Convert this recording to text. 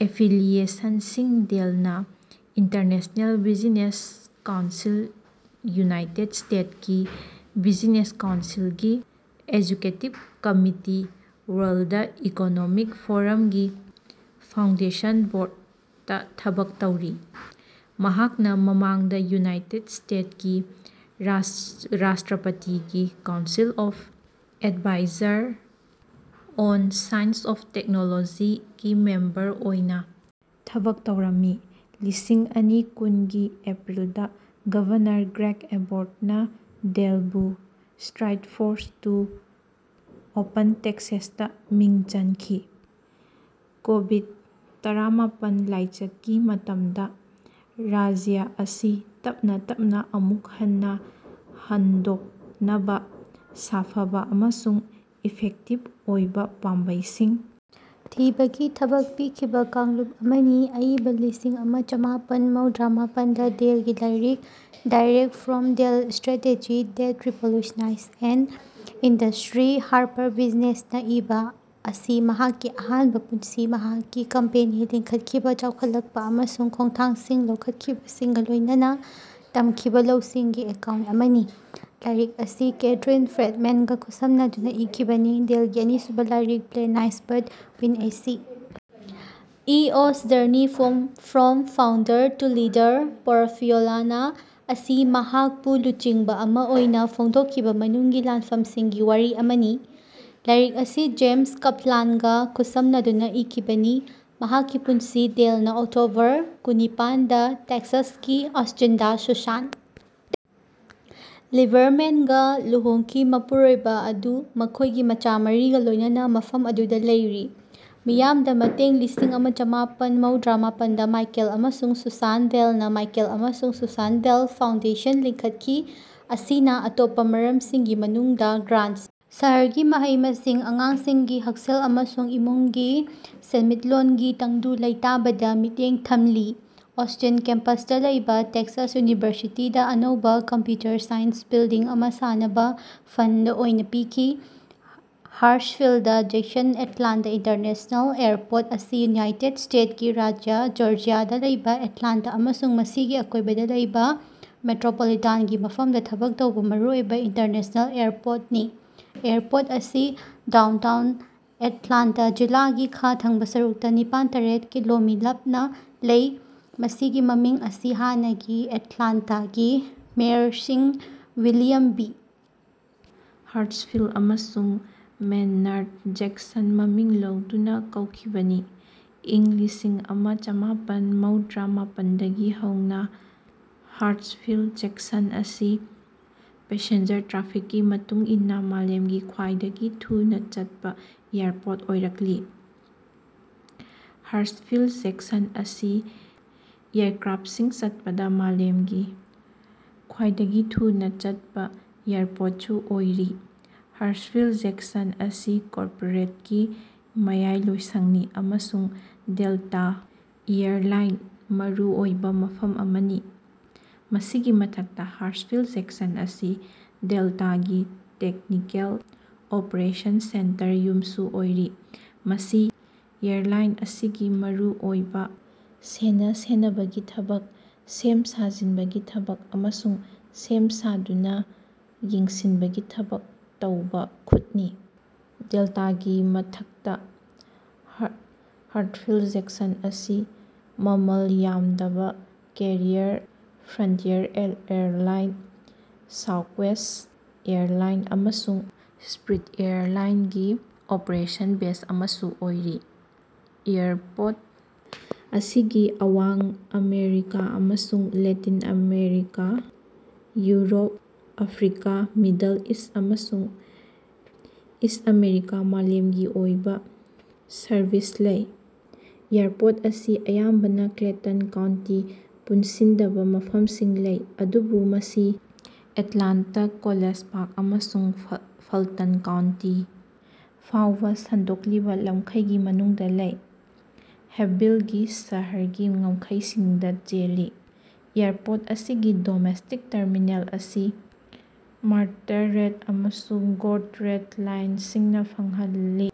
ꯑꯦꯐꯤꯂꯤꯌꯦꯁꯟꯁꯤꯡ ꯗꯦꯜꯅꯥ international business council United state ꯀꯤ business ꯀꯥꯎꯟꯁꯤꯜꯒꯤ ꯑꯦꯛꯖꯤꯀ꯭ꯌꯨꯇꯤꯕ ꯀꯝꯃꯤꯇꯤ ꯋꯥꯔꯜꯗ ꯏꯀꯣꯅꯣꯃꯤꯛ ꯐꯣꯔꯝꯒꯤ ꯐꯥꯎꯟꯗꯦꯁꯟ ꯕꯣꯔꯗꯇꯥ ꯊꯕꯛ ꯇꯧꯔꯤ꯫ ꯃꯍꯥꯛꯅꯥ ꯃꯃꯥꯡꯗꯥ ꯌꯨꯅꯥꯏꯇꯦꯠ ꯁ꯭ꯇꯦꯠꯀꯤ ꯔꯥꯁꯇ꯭ꯔꯄꯇꯤꯒꯤ council of advisers on science and ꯇꯦꯛꯅꯣꯂꯣꯖꯤꯒꯤ ꯃꯦꯝꯕꯔ ꯑꯣꯏꯅꯥ ꯊꯕꯛ ꯇꯧꯔꯝꯃꯤ꯫ ꯂꯤꯁꯤꯡ ꯑꯅꯤ ꯀꯨꯟꯒꯤ ꯑꯦꯄ꯭ꯔꯤꯜꯗꯥ ꯒꯚꯔꯅꯔ ꯒ꯭ꯔꯦꯒ ꯑꯦꯕꯣꯠꯅꯥ ꯗꯦꯜꯕꯨ ꯁ꯭ꯇꯔꯥꯏꯛ ꯐꯣꯔꯁ ꯇꯨ ꯑꯣꯄꯦꯟ ꯇꯦꯛꯁꯥꯁꯇꯥ ꯃꯤꯡ ꯆꯟꯈꯤ ꯀꯣꯕꯤꯗ ꯇꯔꯥꯃꯥꯄꯟ ꯂꯥꯏꯆꯠꯀꯤ ꯃꯇꯝꯗꯥ ꯔꯥꯖ꯭ꯌ ꯑꯁꯤ ꯇꯞꯅꯥ ꯇꯞꯅꯥ ꯑꯃꯨꯛ ꯍꯟꯅꯥ ꯍꯥꯡꯗꯣꯛꯅꯕꯥ ꯁꯥꯐꯕꯥ ꯑꯃꯁꯨꯡ ꯏꯐꯦꯛꯇꯤꯚ ꯑꯣꯏꯕꯥ ꯄꯥꯝꯕꯩꯁꯤꯡ ꯊꯤꯕꯒꯤ ꯊꯕꯛ ꯄꯤꯈꯤꯕꯥ ꯀꯥꯡꯂꯨꯞ ꯑꯃꯅꯤ꯫ ꯑꯏꯕ ꯂꯤꯁꯤꯡ ꯑꯃ ꯆꯃꯥꯄꯟ ꯃꯧꯗ꯭ꯔꯥ ꯃꯥꯄꯟꯗꯥ ꯗꯦꯜꯒꯤ ꯂꯥꯏꯔꯤꯛ direct from Dell strategies That Revolutionize an Industry ꯍꯥꯔꯄꯔꯕꯤꯖꯤꯅꯦꯁꯅꯥ ꯏꯕꯥ ꯑꯁꯤ ꯃꯍꯥꯛꯀꯤ ꯑꯍꯥꯟꯕꯥ ꯄꯨꯟꯁꯤ ꯃꯍꯥꯛꯀꯤ ꯀꯝꯄꯦꯅꯤ ꯂꯤꯡꯈꯠꯈꯤꯕꯥ ꯆꯥꯎꯈꯠꯂꯛꯄꯥ ꯑꯃꯁꯨꯡ ꯈꯣꯡꯊꯥꯡꯁꯤꯡ ꯂꯧꯈꯠꯈꯤꯕꯁꯤꯡꯒꯥ ꯂꯣꯏꯅꯅꯥ ꯇꯝꯈꯤꯕꯥ ꯂꯧꯁꯤꯡꯒꯤ ꯑꯦꯀꯥꯎꯟꯠ ꯑꯃꯅꯤ꯫ ꯂꯥꯏꯔꯤꯛ ꯑꯁꯤ ꯀꯦꯊꯔꯤꯟ ꯐ꯭ꯔꯦꯗꯃꯦꯟꯒꯥ ꯈꯨꯠꯁꯝꯅꯗꯨꯅꯥ ꯏꯈꯤꯕꯅꯤ꯫ ꯗꯦꯜꯒꯤ ꯑꯅꯤꯁꯨꯕꯥ ꯂꯥꯏꯔꯤꯛ play nice but win a C. E. O's Journey from Founder to Leader ꯄꯣꯔꯠꯐꯣꯂꯤꯑꯣꯅꯥ ꯑꯁꯤ ꯃꯍꯥꯛꯄꯨ ꯂꯨꯆꯤꯡꯕ ꯑꯃꯥ ꯑꯣꯏꯅꯥ ꯐꯣꯡꯗꯣꯛꯈꯤꯕꯥ ꯃꯅꯨꯡꯒꯤ ꯂꯥꯟꯐꯝꯁꯤꯡꯒꯤ ꯋꯥꯔꯤ ꯑꯃꯅꯤ꯫ ꯂꯥꯏꯔꯤꯛ ꯑꯁꯤ ꯖꯦꯝꯁ ꯀꯞꯂꯥꯟꯒꯥ ꯈꯨꯠꯁꯝꯅꯗꯨꯅꯥ ꯏꯈꯤꯕꯅꯤ꯫ ꯃꯍꯥꯛꯀꯤ ꯄꯨꯟꯁꯤ ꯗꯦꯜꯅꯥ ꯑꯣꯛꯇꯣꯕꯔ ꯀꯨꯟꯅꯤꯄꯥꯟ ꯗꯥ ꯇꯦꯛꯁꯥꯁꯀꯤ ꯑꯁꯇꯤꯟꯗꯥ ꯁꯨꯁꯥꯟ ꯂꯤꯕꯔꯃꯦꯟꯒꯥ ꯂꯨꯍꯣꯡꯈꯤ ꯃꯄꯨꯔꯣꯏꯕꯥ ꯑꯗꯨ ꯃꯈꯣꯏꯒꯤ ꯃꯆꯥ ꯃꯔꯤꯒꯥ ꯂꯣꯏꯅꯅꯥ ꯃꯐꯝ ꯑꯗꯨꯗꯥ ꯂꯩꯔꯤ꯫ ꯃꯤꯌꯥꯝꯗ ꯃꯇꯦꯡ ꯂꯤꯁꯤꯡ ꯑꯃ ꯆꯃꯥꯄꯟ ꯃꯧꯗ꯭ꯔꯥ ꯃꯥꯄꯟꯗꯥ ꯃꯥꯏꯀꯦꯜ ꯑꯃꯁꯨꯡ ꯁꯨꯁꯥꯟ ꯗꯦꯜꯅꯥ ꯃꯥꯏꯀꯦꯜ ꯑꯃꯁꯨꯡ ꯁꯨꯁꯥꯟ ꯗꯦꯜ ꯐꯥꯎꯟꯗꯦꯁꯟ ꯂꯤꯡꯈꯠꯈꯤ ꯃꯁꯤꯅꯥ ꯑꯇꯣꯞꯄꯥ ꯃꯔꯝꯁꯤꯡꯒꯤ ꯃꯅꯨꯡꯗꯥ ꯒ꯭ꯔꯥꯟꯠꯁꯤꯡ ꯁꯍꯔꯒꯤ ꯃꯍꯩ ꯃꯁꯤꯡ ꯑꯉꯥꯡꯁꯤꯡꯒꯤ ꯍꯛꯁꯦꯜ ꯑꯃꯁꯨꯡ ꯏꯃꯨꯡꯒꯤ ꯁꯦꯟꯃꯤꯠꯂꯣꯟꯒꯤ ꯇꯪꯗꯨ ꯂꯩꯇꯥꯕꯗꯥ ꯃꯤꯠꯌꯦꯡ ꯊꯝꯂꯤ꯫ ꯑꯣꯁꯇꯤꯟ ꯀꯦꯝꯄꯁꯇꯥ ꯂꯩꯕꯥ ꯇꯦꯛꯁꯥꯁ ꯌꯨꯅꯤꯚꯔꯁꯤꯇꯤꯗꯥ ꯑꯅꯧꯕꯥ ꯀꯝꯄ꯭ꯌꯨꯇꯔ ꯁꯥꯏꯟꯁ ꯕꯤꯜꯗꯤꯡ ꯑꯃꯥ ꯁꯥꯅꯕꯥ ꯐꯟꯗ ꯑꯣꯏꯅꯥ ꯄꯤꯈꯤ꯫ Hartsfield Jackson Atlanta International Airport ꯑꯁꯤ ꯌꯨꯅꯥꯏꯇꯦꯠ ꯁ꯭ꯇꯦꯠꯀꯤ ꯔꯥꯖ꯭ꯌ ꯖꯣꯔꯖ꯭ꯌꯥꯗ ꯂꯩꯕ ꯑꯦꯠꯂꯥꯟꯇ ꯑꯃꯁꯨꯡ ꯃꯁꯤꯒꯤ ꯑꯀꯣꯏꯕꯗ ꯂꯩꯕ ꯃꯦꯇ꯭ꯔꯣꯄꯣꯂꯤꯇꯥꯟꯒꯤ ꯃꯐꯝꯗ ꯊꯕꯛ ꯇꯧꯕ ꯃꯔꯨꯑꯣꯏꯕ ꯏꯟꯇꯔꯅꯦꯁꯅꯦꯜ ꯑꯦꯌꯔꯄꯣꯔ꯭ꯠꯅꯤ꯫ ꯑꯦꯌꯔꯄꯣꯔꯠ ꯑꯁꯤ ꯗꯥꯎꯟꯇꯥꯎꯟ ꯑꯦꯠꯂꯥꯟꯇꯥ ꯖꯤꯂꯥꯒꯤ ꯈꯥ ꯊꯪꯕ ꯁꯔꯨꯛꯇ ꯅꯤꯄꯥꯟ ꯇꯔꯦꯠ ꯀꯤꯂꯣꯃꯤ ꯂꯥꯞꯅ ꯂꯩ꯫ ꯃꯁꯤꯒꯤ ꯃꯃꯤꯡ ꯑꯁꯤ ꯍꯥꯟꯅꯒꯤ ꯑꯦꯠꯂꯥꯟꯇꯥꯒꯤ ꯃꯦꯌꯔꯁꯤꯡ ꯋꯤꯂꯤꯌꯝ ꯕꯤ. ꯍꯥꯔ꯭ꯠꯁꯐꯤꯜꯗ ꯑꯃꯁꯨꯡ ꯃꯦꯅꯥꯔ꯭ꯗ ꯖꯦꯛꯁꯟ ꯃꯃꯤꯡ ꯂꯧꯗꯨꯅ ꯀꯧꯈꯤꯕꯅꯤ꯫ ꯏꯪ ꯂꯤꯁꯤꯡ ꯑꯃ ꯆꯃꯥꯄꯟ ꯃꯧꯗ꯭ꯔꯥ ꯃꯥꯄꯟꯗꯒꯤ ꯍꯧꯅ ꯍꯥꯔꯠꯁꯐꯤꯜꯗ ꯖꯦꯛꯁꯟ ꯑꯁꯤ ꯄꯦꯁꯦꯟꯖꯔ ꯇ꯭ꯔꯥꯐꯤꯛꯀꯤ ꯃꯇꯨꯡ ꯏꯟꯅ ꯃꯥꯂꯦꯝꯒꯤ ꯈ꯭ꯋꯥꯏꯗꯒꯤ ꯊꯨꯅ ꯆꯠꯄ ꯑꯦꯌꯔꯄꯣꯔ꯭ꯠ ꯑꯣꯏꯔꯛꯂꯤ꯫ ꯍꯥꯔꯠꯁꯐꯤꯜꯗ ꯖꯦꯛꯁꯟ ꯑꯁꯤ ꯑꯦꯌꯔꯀ꯭ꯔꯥꯐꯁꯤꯡ ꯆꯠꯄꯗ ꯃꯥꯂꯦꯝꯒꯤ ꯈ꯭ꯋꯥꯏꯗꯒꯤ ꯊꯨꯅ ꯆꯠꯄ ꯑꯦꯌꯔꯄꯣꯔ꯭ꯠꯁꯨ ꯑꯣꯏꯔꯤ꯫ ꯍꯥꯔꯠꯁꯐꯤꯜ ꯖꯦꯛꯁꯟ ꯑꯁꯤ ꯀꯣꯔꯄꯣꯔꯦꯠꯀꯤ ꯃꯌꯥꯏꯂꯣꯏꯁꯪꯅꯤ ꯑꯃꯁꯨꯡ ꯗꯦꯜꯇꯥ ꯑꯦꯌꯔ ꯂꯥꯏꯟꯁ ꯃꯔꯨꯑꯣꯏꯕ ꯃꯐꯝ ꯑꯃꯅꯤ꯫ ꯃꯁꯤꯒꯤ ꯃꯊꯛꯇ ꯍꯥꯔꯠꯁꯐꯤꯜꯗ ꯖꯦꯛꯁꯟ ꯑꯁꯤ ꯗꯦꯜꯇꯥꯒꯤ ꯇꯦꯛꯅꯤꯀꯦꯜ ꯑꯣꯄꯔꯦꯁꯟ ꯁꯦꯟꯇꯔ ꯌꯨꯝꯁꯨ ꯑꯣꯏꯔꯤ ꯃꯁꯤ ꯑꯦꯔꯂꯥꯏꯟ ꯑꯁꯤꯒꯤ ꯃꯔꯨ ꯑꯣꯏꯕ ꯁꯦꯟꯅ ꯁꯦꯟꯅꯕꯒꯤ ꯊꯕꯛ ꯁꯦꯝ ꯁꯥꯖꯤꯟꯕꯒꯤ ꯊꯕꯛ ꯑꯃꯁꯨꯡ ꯁꯦꯝ ꯁꯥꯗꯨꯅ ꯌꯦꯡꯁꯤꯟꯕꯒꯤ ꯊꯕꯛ ꯇꯧꯕ ꯈꯨꯠꯅꯤ꯫ ꯗꯦꯜꯇꯥꯒꯤ ꯃꯊꯛꯇ ꯍꯥꯔꯠꯁꯐꯤꯜꯗ ꯖꯦꯛꯁꯟ ꯑꯁꯤ ꯃꯃꯜ ꯌꯥꯝꯗꯕ carrier Frontier Airlines Southwest Airlines ꯑꯃꯁꯨꯡ ꯁ꯭ꯄꯤꯔꯠ ꯑꯦꯔꯂꯥꯏꯟꯒꯤ ꯑꯣꯄꯔꯦꯁꯟ ꯕꯦꯖ ꯑꯃꯁꯨ ꯑꯣꯏꯔꯤ꯫ ꯑꯦꯌꯔꯄꯣꯔ꯭ꯠ ꯑꯁꯤꯒꯤ ꯑꯋꯥꯡ ꯑꯃꯦꯔꯤꯀꯥ ꯑꯃꯁꯨꯡ Latin America Europe Africa Middle East ꯑꯃꯁꯨꯡ ꯏꯁꯠ ꯑꯦꯁꯤꯌꯥꯗ ꯃꯥꯂꯦꯝꯒꯤ ꯑꯣꯏꯕ ꯁꯔꯕꯤꯁ ꯂꯩ꯫ ꯑꯦꯌꯔꯄꯣꯔ꯭ꯠ ꯑꯁꯤ ꯑꯌꯥꯝꯕꯅ ꯀ꯭ꯂꯦꯇꯟ ꯀꯥꯎꯟꯇꯤ ꯄꯨꯟꯁꯤꯟꯗꯕ ꯃꯐꯝꯁꯤꯡ ꯂꯩ ꯑꯗꯨꯕꯨ ꯃꯁꯤ ꯑꯦꯠꯂꯥꯟꯇꯥ ꯀꯣꯂꯦꯖ ꯄꯥꯔꯛ ꯑꯃꯁꯨꯡ ꯐꯜꯇꯟ ꯀꯥꯎꯟꯇꯤ ꯐꯥꯎꯕ ꯁꯟꯗꯣꯛꯂꯤꯕ ꯂꯝꯈꯩꯒꯤ ꯃꯅꯨꯡꯗ ꯂꯩꯕ ꯍꯦꯞꯚꯤꯜꯒꯤ ꯁꯍꯔꯒꯤ ꯉꯝꯈꯩꯁꯤꯡꯗ ꯆꯦꯜꯂꯤ꯫ ꯑꯦꯌꯔꯄꯣꯔ꯭ꯠ ꯑꯁꯤꯒꯤ ꯗꯣꯃꯦꯁꯇꯤꯛ ꯇꯔꯃꯤꯅꯦꯜ ꯑꯁꯤ ꯃꯥꯔꯇꯥ ꯔꯦꯗ ꯑꯃꯁꯨꯡ ꯒꯣꯜꯗ ꯔꯦꯜ ꯂꯥꯏꯟꯁꯤꯡꯅ ꯐꯪꯍꯜꯂꯤ꯫